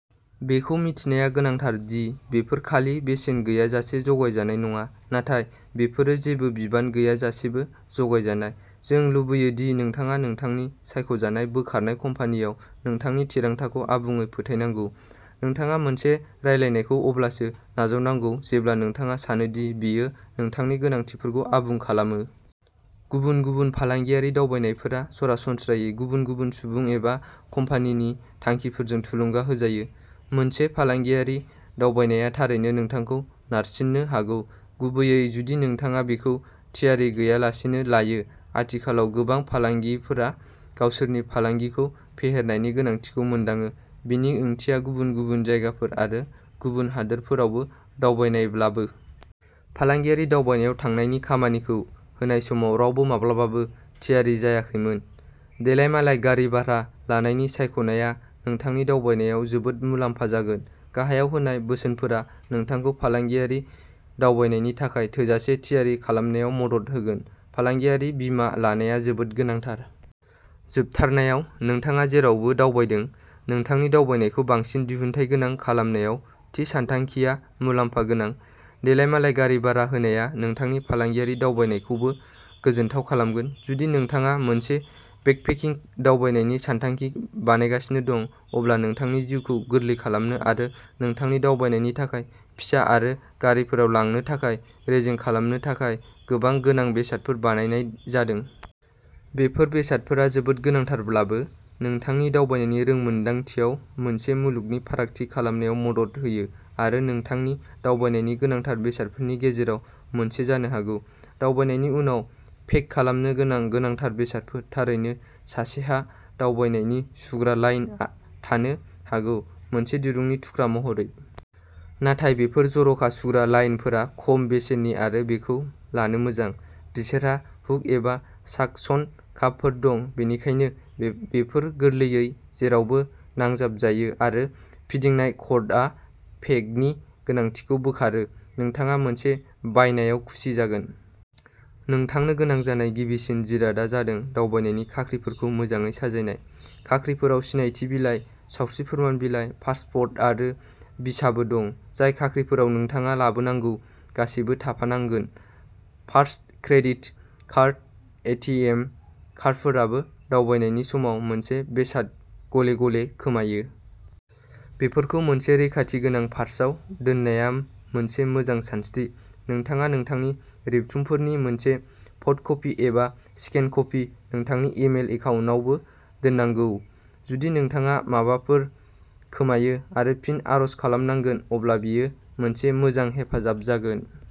बेखौ मिथिनाया गोनांथार दि बेफोर खालि बेसेन गैयाजासे जगायजानाय नङा। नाथाय बेफोरो जेबो बिबान गैयाजासेबो जगायजानाय। जों लुबैयो दि नोंथाङा नोंथांनि सायख'जानाय बोखारनाय कम्पानिआव नोंथांनि थिरांथाखौ आबुङै फोथायनांगौ। नोंथाङा मोनसे रायलायनायखौ अब्लासो नाजावनांगौ जेब्ला नोंथाङा सानो दि बेयो नोंथांनि गोनांथिफोरखौ आबुं खालामो। गुबुन गुबुन फालांगियारि दावबायनायफोरा सरासनस्रायै गुबुन गुबुन सुबुं एबा कम्पानिनि थांखिफोरजों थुलुंगा होजायो। मोनसे फालांगियारि दावबायनाया थारैनो नोंथांखौ नारसिननो हागौ, गुबैयै जुदि नोंथाङा बेखौ थियारि गैयालासेनो लायो। आथिखालाव गोबां फालांगिफोरा गावसोरनि फालांगिखौ फेहेरनायनि गोनांथिखौ मोनदाङो, बेनि ओंथिया गुबुन गुबुन जायगाफोर आरो गुबुन हादोरफोरावबो दावबायनायब्लाबो। फालांगियारि दावबायनायाव थांनायनि खामानिखौ होनाय समाव रावबो माब्लाबाबो थियारि जायाखैमोन। देलायमालाय गारि भारा लानायनि सायख'नाया नोंथांनि दावबायनायाव जोबोद मुलाम्फा जागोन। गाहायाव होनाय बोसोनफोरा नोंथांखौ फालांगियारि दावबायनायनि थाखाय थोजासे थियारि खालामनायाव मदद होगोन। फालांगियारि बीमा लानाया जोबोद गोनांथार। जोबथारनायाव, नोंथाङा जेरावबो दावबायदों, नोंथांनि दावबायनायखौ बांसिन दिहुनथायगोनां खालामनायाव थि सानथांखिया मुलाम्फा गोनां। देलायमालाय गारि भारा होनाया नोंथांनि फालांगियारि दावबायनायखौबो गोजोनथाव खालामगोन। जुदि नोंथाङा मोनसे बेकपेकिंग दावबायनायनि सानथांखि बानायगासिनो दं, अब्ला नोंथांनि जिउखौ गोरलै खालामनो आरो नोंथांनि दावबायनायनि थाखाय फिसा आरो गारिफोराव लांनो थाखाय रेजें खालामनो थाखाय गोबां गोनां बेसादफोर बानायनाय जादों। बेफोर बेसादफोरा जोबोद गोनांथारब्लाबो, नोंथांनि दावबायनायनि रोंमोनदांथियाव मोनसे मुलुगनि फारागथि खालामनायाव मदद होयो आरो नोंथांनि दावबायनायनि'गोनांथार'बेसादफोरनि गेजेराव मोनसे जानो हागौ। दावबायनायनि उनाव पेक खालामनो गोनां गोनांथार बेसादफोर। थारैनो, सासेहा दावबायनायनि सुग्रा लाइन थानो हागौ, मोनसे दिरुंनि थुख्रा महरै। नाथाय बेफोर जर'खा सुग्रा लाइनफोरा खम बेसेननि आरो बेखौ लानो मोजां। बिसोरहा हुक एबा साकसन कापफोर दं, बेनिखायनो बेफोर गोरलैयै जेरावबो नांजाबजायो आरो फिदिंनाय कर्डआ पेगनि गोनांथिखौ बोखारो। नोंथाङा मोनसे बायनायाव खुसि जागोन! नोंथांनो गोनां जानाय गिबिसिन जिरादआ जादों दावबायनायनि खाख्रिफोरखौ मोजाङै साजायनाय। खाख्रिफोराव सिनायथि बिलाइ, सावस्रि फोरमान बिलाइ, पासपर्ट आरो भिसाबो दं, जाय खाख्रिफोराव नोंथाङा लाबोनांगौ गासैबो थाफानांगोन। पार्स, क्रेडिट कार्ड, एटिएम कार्डफोराबो दावबायनायनि समाव मोनसे बेसाद गले-गले खोमायो। बेफोरखौ मोनसे रैखाथि गोनां पार्साव दोननाया मोनसे मोजां सानस्रि। नोंथाङा नोंथांनि रेबथुमफोरनि मोनसे फट'कपि एबा स्केन कपि नोंथांनि इमेल एकाउन्टावबो दोननांगौ; जुदि नोंथाङा माबाफोर खोमायो आरो फिन आर'ज खालामनांगोन अब्ला बेयो मोनसे मोजां हेफाजाब जागोन।